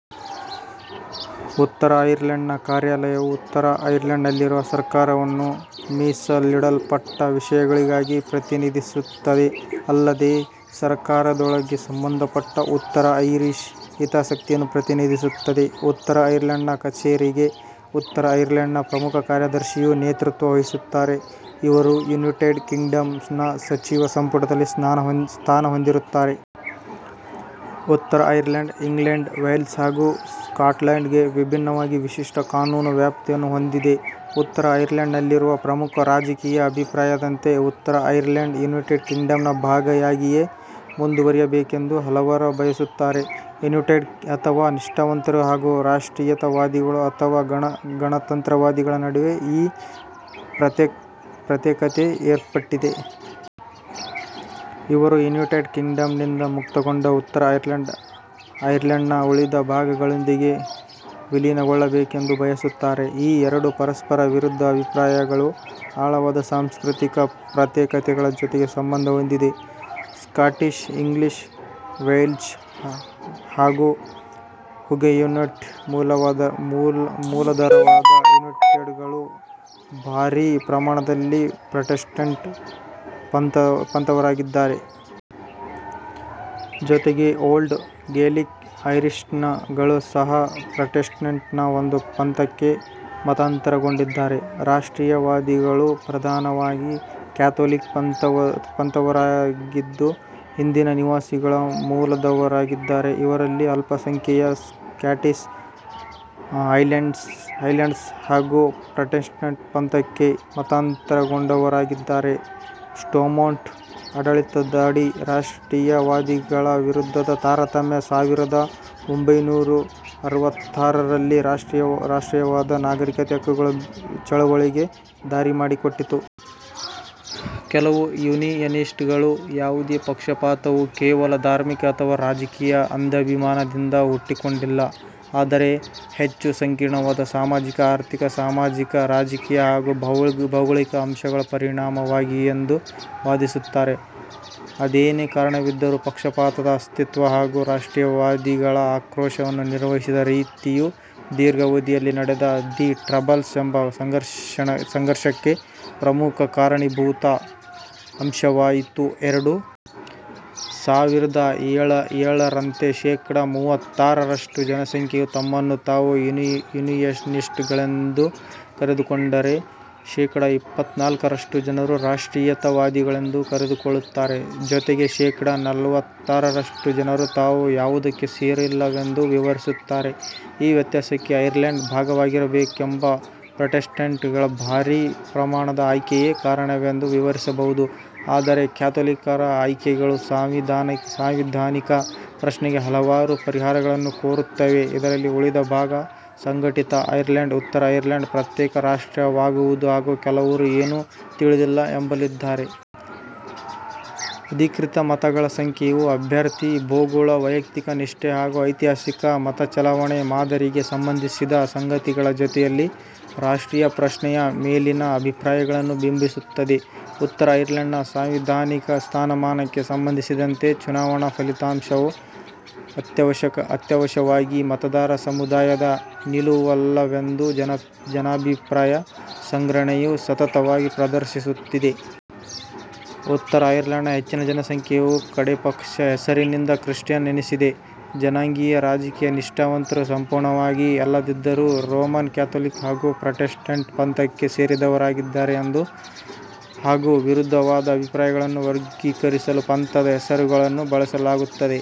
ಉತ್ತರ ಐರ್ಲೆಂಡ್ ನ ಕಾರ್ಯಾಲಯವು ಉತ್ತರ ಐರ್ಲೆಂಡ್ ನಲ್ಲಿರುವ ಸರ್ಕಾರವನ್ನು ಮೀಸಲಿಡಲ್ಪಟ್ಟ ವಿಷಯಗಳಿಗಾಗಿ ಪ್ರತಿನಿಧಿಸುತ್ತದೆ. ಅಲ್ಲದೇ ಸರಕಾರದೊಳಗೆ ಸಂಬಂಧಪಟ್ಟ ಉತ್ತರ ಐರಿಶ್ ಹಿತಾಸಕ್ತಿಯನ್ನು ಪ್ರತಿನಿಧಿಸುತ್ತದೆ. ಉತ್ತರ ಐರ್ಲೆಂಡ್ ನ ಕಛೇರಿಗೆ ಉತ್ತರ ಐರ್ಲೆಂಡ್ ನ ಪ್ರಮುಖ ಕಾರ್ಯದರ್ಶಿಯು ನೇತೃತ್ವ ವಹಿಸುತ್ತಾರೆ, ಇವರು ಯುನೈಟೆಡ್ ಕಿಂಗ್ಡಮ್ ನ ಸಚಿವ ಸಂಪುಟದಲ್ಲಿ ಸ್ಥಾನ ಹೊಂದಿರುತ್ತಾರೆ. ಉತ್ತರ ಐರ್ಲೆಂಡ್, ಇಂಗ್ಲೆಂಡ್, ವೇಲ್ಸ್ ಹಾಗು ಸ್ಕಾಟ್ಲ್ಯಾಂಡ್ ಗೆ ವಿಭಿನ್ನವಾಗಿ ವಿಶಿಷ್ಟ ಕಾನೂನು ವ್ಯಾಪ್ತಿಯನ್ನು ಹೊಂದಿದೆ. ಉತ್ತರ ಐರ್ಲೆಂಡ್ ನಲ್ಲಿರುವ ಪ್ರಮುಖ ರಾಜಕೀಯ ಅಭಿಪ್ರಾಯದಂತೆ, ಉತ್ತರ ಐರ್ಲೆಂಡ್, ಯುನೈಟೆಡ್ ಕಿಂಗ್ಡಮ್ ನ ಭಾಗವಾಗಿಯೇ ಮುಂದುವರೆಯಬೇಕೆಂದು ಹಲವರು ಬಯಸುತ್ತಾರೆ. ಯೂನಿಯನಿಸ್ಟ್ ಅಥವಾ ನಿಷ್ಟಾವಂತರು ಹಾಗು ರಾಷ್ಟ್ರೀಯತಾವಾದಿಗಳು ಅಥವಾ ಗಣತಂತ್ರವಾದಿಗಳ ನಡುವೆ ಈ ಪ್ರತ್ಯೇಕತೆ ಏರ್ಪಟ್ಟಿದೆ. ಇವರು ಯುನೈಟೆಡ್ ಕಿಂಗ್ಡಮ್ ನಿಂದ ಮುಕ್ತಗೊಂಡ ಉತ್ತರ ಐರ್ಲೆಂಡ್, ಐರ್ಲೆಂಡ್ ನ ಉಳಿದ ಭಾಗಗಳೊಂದಿಗೆ ವಿಲೀನಗೊಳ್ಳಬೇಕೆಂದು ಬಯಸುತ್ತಾರೆ. ಈ ಎರಡು ಪರಸ್ಪರ ವಿರುದ್ಧ ಅಭಿಪ್ರಾಯಗಳು ಆಳವಾದ ಸಾಂಸ್ಕೃತಿಕ ಪ್ರತ್ಯೇಕತೆಗಳ ಜೊತೆಗೆ ಸಂಬಂಧ ಹೊಂದಿದೆ. ಸ್ಕಾಟಿಷ್, ಇಂಗ್ಲಿಷ್, ವೆಲ್ಷ್ ಹಾಗು ಹುಗುಯೇನೋಟ್ ಮೂಲದವರಾದ ಯೂನಿಯನಿಸ್ಟ್ ಗಳು ಭಾರಿ ಪ್ರಮಾಣದಲ್ಲಿ ಪ್ರಾಟೆಸ್ಟೆಂಟ್ ಪಂಥದವರಾಗಿದ್ದಾರೆ. ಜೊತೆಗೆ ಓಲ್ಡ್ ಗೇಲಿಕ್ ಐರಿಷ್ಮೆನ್ ಗಳೂ ಸಹ ಪ್ರಾಟೆಸ್ಟೆಂಟ್ ನ ಒಂದು ಪಂಥಕ್ಕೆ ಮತಾಂತರಗೊಂಡಿದ್ದಾರೆ. ರಾಷ್ಟ್ರೀಯತಾವಾದಿಗಳು ಪ್ರಧಾನವಾಗಿ ಕ್ಯಾಥೊಲಿಕ್ ಪಂಥದವರಾಗಿದ್ದು, ಹಿಂದಿನ ನಿವಾಸಿಗಳ ಮೂಲದವರಾಗಿದ್ದಾರೆ. ಇವರಲ್ಲಿ ಅಲ್ಪ ಸಂಖ್ಯೆಯ ಸ್ಕಾಟಿಷ್ ಹೈಲ್ಯಾಂಡರ್ಸ್ ಹಾಗು ಪ್ರಾಟೆಸ್ಟೆಂಟ್ ಪಂಥಕ್ಕೆ ಮತಾಂತರಗೊಂಡವರಾಗಿದ್ದಾರೆ. ಸ್ಟೋರ್ಮೊಂಟ್ ಆಡಳಿತದಡಿ ರಾಷ್ಟ್ರೀಯತಾವಾದಿಗಳ ವಿರುದ್ಧದ ತಾರತಮ್ಯ, ಸಾವಿರದ ಒಂಭೈನೂರ ಅರವತ್ತರಲ್ಲಿ ರಾಷ್ಟ್ರೀಯತಾವಾದಿ ನಾಗರೀಕ ಹಕ್ಕುಗಳ ಚಳವಳಿಗೆ ದಾರಿಮಾಡಿಕೊಟ್ಟಿತು. ಕೆಲವು ಯೂನಿಯನಿಸ್ಟ್ ಗಳು, ಯಾವುದೇ ಪಕ್ಷಪಾತವು ಕೇವಲ ಧಾರ್ಮಿಕ ಅಥವಾ ರಾಜಕೀಯ ಅಂಧಾಭಿಮಾನದಿಂದ ಹುಟ್ಟಿಕೊಂಡಿಲ್ಲ. ಆದರೆ ಹೆಚ್ಚು ಸಂಕೀರ್ಣವಾದ ಸಾಮಾಜಿಕ-ಆರ್ಥಿಕ, ಸಾಮಾಜಿಕ-ರಾಜಕೀಯ ಹಾಗು ಭೌಗೋಳಿಕ ಅಂಶಗಳ ಪರಿಣಾಮವಾಗಿದೆಯೆಂದು ವಾದಿಸುತ್ತಾರೆ. ಅದೇನೇ ಕಾರಣವಿದ್ದರೂ, ಪಕ್ಷಪಾತದ ಅಸ್ತಿತ್ವ, ಹಾಗು ರಾಷ್ಟ್ರೀಯತಾವಾದಿಗಳ ಆಕ್ರೋಶವನ್ನು ನಿರ್ವಹಿಸಿದ ರೀತಿಯು ದೀರ್ಘಾವಧಿಯಲ್ಲಿ ನಡೆದ ದಿ ಟ್ರಬಲ್ಸ್ ಎಂಬ ಸಂಘರ್ಷಕ್ಕೆ ಪ್ರಮುಖ ಕಾರಣೀಭೂತ ಅಂಶವಾಯಿತು. ಎರಡು ಸಾವಿರದ ಏಳರಂತೆ, ಶೇಖಡ ಮೂವತ್ತಾರರಷ್ಟು ಜನಸಂಖ್ಯೆಯು ತಮ್ಮನ್ನು ತಾವು ಯೂನಿಯನಿಸ್ಟ್ ಗಳೆಂದು ಕರೆದುಕೊಂಡರೆ, ಶೇಖಡ ಇಪ್ಪತ್ನಾಲ್ಕರಷ್ಟು ಜನರು ರಾಷ್ಟ್ರೀಯತಾವಾದಿಗಳೆಂದು ಕರೆದುಕೊಳ್ಳುತ್ತಾರೆ. ಜೊತೆಗೆ ಶೇಖಡ ನಲವತ್ತರಷ್ಟು ಜನರು ತಾವು ಯಾವುದಕ್ಕೂ ಸೇರಿಲ್ಲವೆಂದು ವಿವರಿಸುತ್ತಾರೆ. ಈ ವ್ಯತ್ಯಾಸಕ್ಕೆ, ಐರ್ಲೆಂಡ್ ಭಾಗವಾಗಿರಬೇಕೆಂಬ ಪ್ರಾಟೆಸ್ಟೆಂಟ್ ಗಳ ಭಾರಿ ಪ್ರಮಾಣದ ಆಯ್ಕೆಯೇ ಕಾರಣವೆಂದು ವಿವರಿಸಬಹುದು, ಆದರೆ ಕ್ಯಾಥೋಲಿಕ್ಕರ ಆಯ್ಕೆಗಳು ಸಾಂವಿಧಾನಿಕ ಪ್ರಶ್ನೆಗೆ ಹಲವಾರು ಪರಿಹಾರಗಳನ್ನು ಕೋರುತ್ತವೆ, ಇದರಲ್ಲಿ ಉಳಿದ ಭಾಗ, ಸಂಘಟಿತ ಐರ್ಲೆಂಡ್, ಉತ್ತರ ಐರ್ಲೆಂಡ್ ಪ್ರತ್ಯೇಕ ರಾಷ್ಟ್ರವಾಗುವುದು ಹಾಗು ಕೆಲವರು ಏನೂ "ತಿಳಿದಿಲ್ಲ"ಎಂಬಲ್ಲಿದ್ದಾರೆ. ಅಧಿಕೃತ ಮತಗಳ ಸಂಖ್ಯೆಯು, ಅಭ್ಯರ್ಥಿ, ಭೂಗೋಳ, ವೈಯಕ್ತಿಕ ನಿಷ್ಠೆ ಹಾಗು ಐತಿಹಾಸಿಕ ಮತಚಲಾವಣೆ ಮಾದರಿಗೆ ಸಂಬಂಧಿಸಿದ ಸಂಗತಿಗಳ ಜೊತೆಯಲ್ಲಿ "ರಾಷ್ಟ್ರೀಯ ಪ್ರಶ್ನೆ"ಯ ಮೇಲಿನ ಅಭಿಪ್ರಾಯಗಳನ್ನು ಬಿಂಬಿಸುತ್ತದೆ. ಉತ್ತರ ಐರ್ಲೆಂಡ್ ನ ಸಾಂವಿಧಾನಿಕ ಸ್ಥಾನಮಾನಕ್ಕೆ ಸಂಬಂಧಿಸಿದಂತೆ ಚುನಾವಣಾ ಫಲಿತಾಂಶವು ಅತ್ಯವಶ್ಯವಾಗಿ ಮತದಾರ ಸಮುದಾಯದ ನಿಲುವಲ್ಲವೆಂದು ಜನಾಭಿಪ್ರಾಯ ಸಂಗ್ರಹಣೆಯು ಸತತವಾಗಿ ಪ್ರದರ್ಶಿಸುತ್ತಿದೆ. ಉತ್ತರ ಐರ್ಲೆಂಡ್ ನ ಹೆಚ್ಚಿನ ಜನಸಂಖ್ಯೆಯು ಕಡೆಪಕ್ಷ ಹೆಸರಿನಿಂದ ಕ್ರಿಶ್ಚಿಯನ್ ಎನಿಸಿದೆ. ಜನಾಂಗೀಯ-ರಾಜಕೀಯ ನಿಷ್ಠಾವಂತರು ಸಂಪೂರ್ಣವಾಗಿ ಅಲ್ಲದಿದ್ದರೂ ರೋಮನ್ ಕ್ಯಾಥೊಲಿಕ್ ಹಾಗು ಪ್ರಾಟೆಸ್ಟೆಂಟ್ ಪಂಥಕ್ಕೆ ಸೇರಿದವರಾಗಿದ್ದಾರೆ ಹಾಗು ವಿರುದ್ಧವಾದ ಅಭಿಪ್ರಾಯಗಳನ್ನು ವರ್ಗೀಕರಿಸಲು ಪಂಥದ ಹೆಸರುಗಳನ್ನೂ ಬಳಸಲಾಗುತ್ತದೆ.